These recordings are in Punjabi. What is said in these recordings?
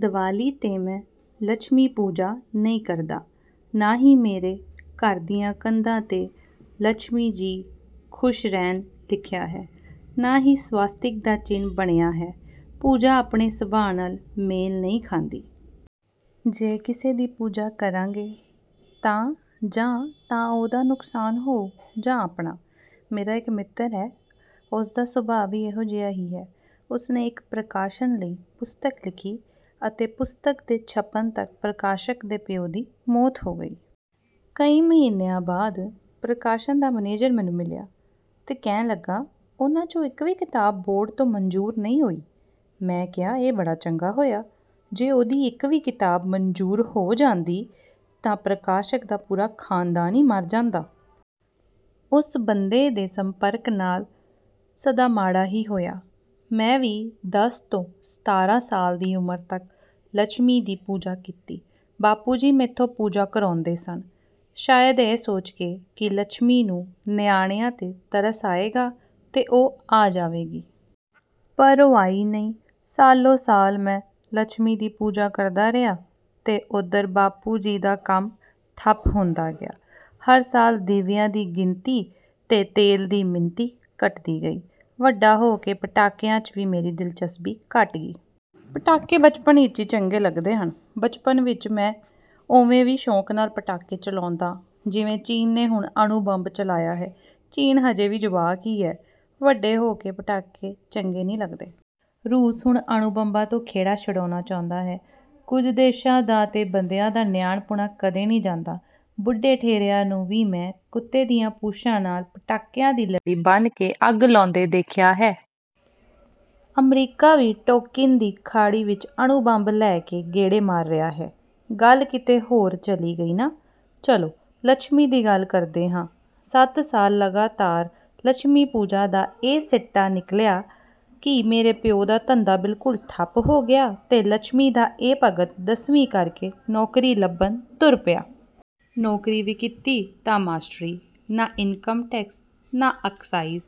ਦਿਵਾਲੀ ਤੇ ਮੈਂ ਲੱਛਮੀ ਪੂਜਾ ਨਹੀਂ ਕਰਦਾ। ਨਾਂ ਹੀ ਮੇਰੇ ਘਰ ਦੀਆਂ ਕੰਧਾਂ ਤੇ 'ਲੱਛਮੀ ਜੀ ਖੁਸ਼ ਰਹਿਣ' ਲਿਖਿਆ ਹੈ ਨਾਂ ਹੀ ਸਵਾਸਤਿਕ ਦਾ ਚਿੰਨ ਬਣਿਆ ਹੈ। ਪੂਜਾ ਆਪਣੇ ਸੁਭਾਅ ਨਾਲ ਮੇਲ ਨਹੀਂ ਖਾਂਦੀ। ਜੇ ਕਿਸੇ ਦੀ ਪੂਜਾ ਕਰਾਂਗੇ ਤਾਂ ਜਾਂ ਤਾਂ ਉਹਦਾ ਨੁਕਸਾਨ ਹੋਊ ਜਾਂ ਆਪਣਾ। ਮੇਰਾ ਇੱਕ ਮਿੱਤਰ ਹੈ ਉਸਦਾ ਸੁਭਾਅ ਵੀ ਇਹੋ ਜਿਹਾ ਹੀ ਹੈ। ਉਸਨੇ ਇੱਕ ਪ੍ਰਕਾਸ਼ਨ ਲਈ ਪੁਸਤਕ ਲਿਖੀ ਅਤੇ ਪੁਸਤਕ ਦੇ ਛਪਣ ਤੱਕ ਪ੍ਰਕਾਸ਼ਕ ਦੇ ਪਿਉ ਦੀ ਮੌਤ ਹੋ ਗਈ। ਕਈ ਮਹੀਨਿਆਂ ਬਾਅਦ ਪ੍ਰਕਾਸ਼ਨ ਦਾ ਮੈਨੇਜਰ ਮੈਨੂੰ ਮਿਲ਼ਿਆ, ਤੇ ਕਹਿਣ ਲੱਗਾ ਉਹਨਾਂ 'ਚੋਂ ਇੱਕ ਵੀ ਕਿਤਾਬ ਬੋਰਡ ਤੋਂ ਮਨਜ਼ੂਰ ਨਹੀਂ ਹੋਈ। ਮੈਂ ਕਿਹਾ ਇਹ ਬੜਾ ਚੰਗਾ ਹੋਇਆ। ਜੇ ਉਹਦੀ ਇੱਕ ਵੀ ਕਿਤਾਬ ਮਨਜ਼ੂਰ ਹੋ ਜਾਂਦੀ ਤਾਂ ਪ੍ਰਕਾਸ਼ਕ ਦਾ ਪੂਰਾ ਖਾਨਦਾਨ ਹੀ ਮਰ ਜਾਂਦਾ। ਓਸ ਬੰਦੇ ਦੇ ਸੰਪਰਕ ਨਾਲ਼ ਸਦਾ ਮਾੜਾ ਹੀ ਹੋਇਆ। ਮੈਂ ਵੀ ਦਸ ਤੋਂ ਸਤਾਰ੍ਹਾਂ ਸਾਲ ਦੀ ਉਮਰ ਤੱਕ ਲੱਛਮੀ ਦੀ ਪੂਜਾ ਕੀਤੀ। ਬਾਪੂ ਜੀ ਮੈਥੋਂ ਪੂਜਾ ਕਰਾਉਂਦੇ ਸਨ। ਸ਼ਾਇਦ ਇਹ ਸੋਚਕੇ ਕਿ ਲੱਛਮੀ ਨੂੰ ਨਿਆਣਿਆਂ ਤੇ ਤਰਸ ਆਏਗਾ ਤੇ ਉਹ ਆ ਜਾਵੇਗੀ। ਪਰ ਉਹ ਆਈ ਨਹੀਂ। ਸਾਲੋ-ਸਾਲ ਮੈਂ ਲੱਛਮੀ ਦੀ ਪੂਜਾ ਕਰਦਾ ਰਿਹਾ ਤੇ ਓਧਰ ਬਾਪੂ ਜੀ ਦਾ ਕੰਮ ਠੱਪ ਹੁੰਦਾ ਗਿਆ। ਹਰ ਸਾਲ ਦੀਵਿਆਂ ਦੀ ਗਿਣਤੀ ਤੇ ਤੇਲ ਦੀ ਮਿਣਤੀ ਘਟਦੀ ਗਈ। ਵੱਡਾ ਹੋ ਕੇ ਪਟਾਕਿਆਂ 'ਚ ਵੀ ਮੇਰੀ ਦਿਲਚਸਪੀ ਘਟ ਗਈ। ਪਟਾਕੇ ਬਚਪਨ ਵਿੱਚ ਹੀ ਚੰਗੇ ਲੱਗਦੇ ਹਨ। ਬਚਪਨ ਵਿੱਚ ਮੈਂ ਉਵੇਂ ਹੀ ਸ਼ੌਂਕ ਨਾਲ਼ ਪਟਾਕੇ ਚਲਾਉਂਦਾ ਜਿਵੇਂ ਚੀਨ ਨੇ ਹੁਣੇ ਅਣੂ ਬੰਬ ਚਲਾਇਆ ਹੈ। ਚੀਨ ਹਜੇ ਵੀ ਜਵਾਕ ਹੀ ਹੈ। ਵੱਡੇ ਹੋ ਕੇ ਪਟਾਕੇ ਚੰਗੇ ਨਹੀਂ ਲੱਗਦੇ। ਰੂਸ ਹੁਣ ਅਣੂ ਬੰਬਾਂ ਤੋਂ ਖਹਿੜਾ ਛਡਾਉਣਾ ਚਾਹੁੰਦਾ ਹੈ। ਕੁਝ ਦੇਸ਼ਾਂ ਦਾ ਤੇ ਬੰਦਿਆਂ ਦਾ ਨਿਆਣਪੁਣਾ ਕਦੀ ਨਹੀਂ ਜਾਂਦਾ। ਬੁੱਢੇ ਠੇਰਿਆਂ ਨੂੰ ਵੀ ਮੈਂ ਕੁੱਤੇ ਦੀਆਂ ਪੂਛਾਂ ਨਾਲ਼ ਪਟਾਕਿਆਂ ਦੀ ਲੜੀ ਬੰਨ ਕੇ ਅੱਗ ਲਾਉਂਦੇ ਦੇਖਿਆ ਹੈ। ਅਮਰੀਕਾ ਵੀ ਟੋਕਿਨ ਦੀ ਖਾੜੀ ਵਿੱਚ ਅਣੂ ਬੰਬ ਲੈ ਕੇ ਗੇੜੇ ਮਾਰ ਰਿਹਾ ਹੈ। ਗੱਲ ਕਿਤੇ ਹੋਰ ਚਲੀ ਗਈ ਨਾ? ਚਲੋ, ਲੱਛਮੀ ਦੀ ਗੱਲ ਕਰਦੇ ਹਾਂ। ਸੱਤ ਸਾਲ ਲਗਾਤਾਰ ਲੱਛਮੀ ਪੂਜਾ ਦਾ ਇਹ ਸਿੱਟਾ ਨਿੱਕਲਿਆ ਕਿ ਮੇਰੇ ਪਿਉ ਦਾ ਧੰਦਾ ਬਿਲਕੁਲ ਠੱਪ ਹੋ ਗਿਆ ਤੇ ਲੱਛਮੀ ਦਾ ਇਹ 'ਭਗਤ' ਦਸਵੀਂ ਕਰਕੇ ਨੌਕਰੀ ਲੱਭਣ ਤੁਰ ਪਿਆ। ਨੌਕਰੀ ਵੀ ਕੀਤੀ ਤਾਂ ਮਾਸਟਰੀ। ਨਾਂ ਇਨਕਮ ਟੈਕਸ ਨਾਂ ਆਕਸਾਈਜ।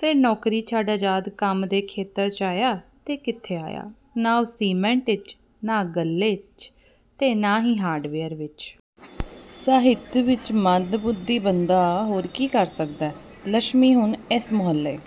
ਫਿਰ ਨੌਕਰੀ ਛੱਡ ਅਜ਼ਾਦ ਕੰਮ ਦੇ ਖੇਤਰ 'ਚ ਆਇਆ, ਤੇ ਕਿੱਥੇ ਆਇਆ? ਨਾਂ ਸੀਮਿੰਟ 'ਚ, ਨਾਂ ਗੱਲੇ 'ਚ ਤੇ ਨਾਂ ਹੀ ਹਾਰਡਵੇਅਰ ਵਿੱਚ। ਸਾਹਿਤ ਵਿੱਚ! ਮੰਦਬੁੱਧੀ ਬੰਦਾ ਹੋਰ ਕੀ ਕਰ ਸਕਦਾ? ਲੱਛਮੀ ਹੁਣ ਏਸ ਮੁਹੱਲੇ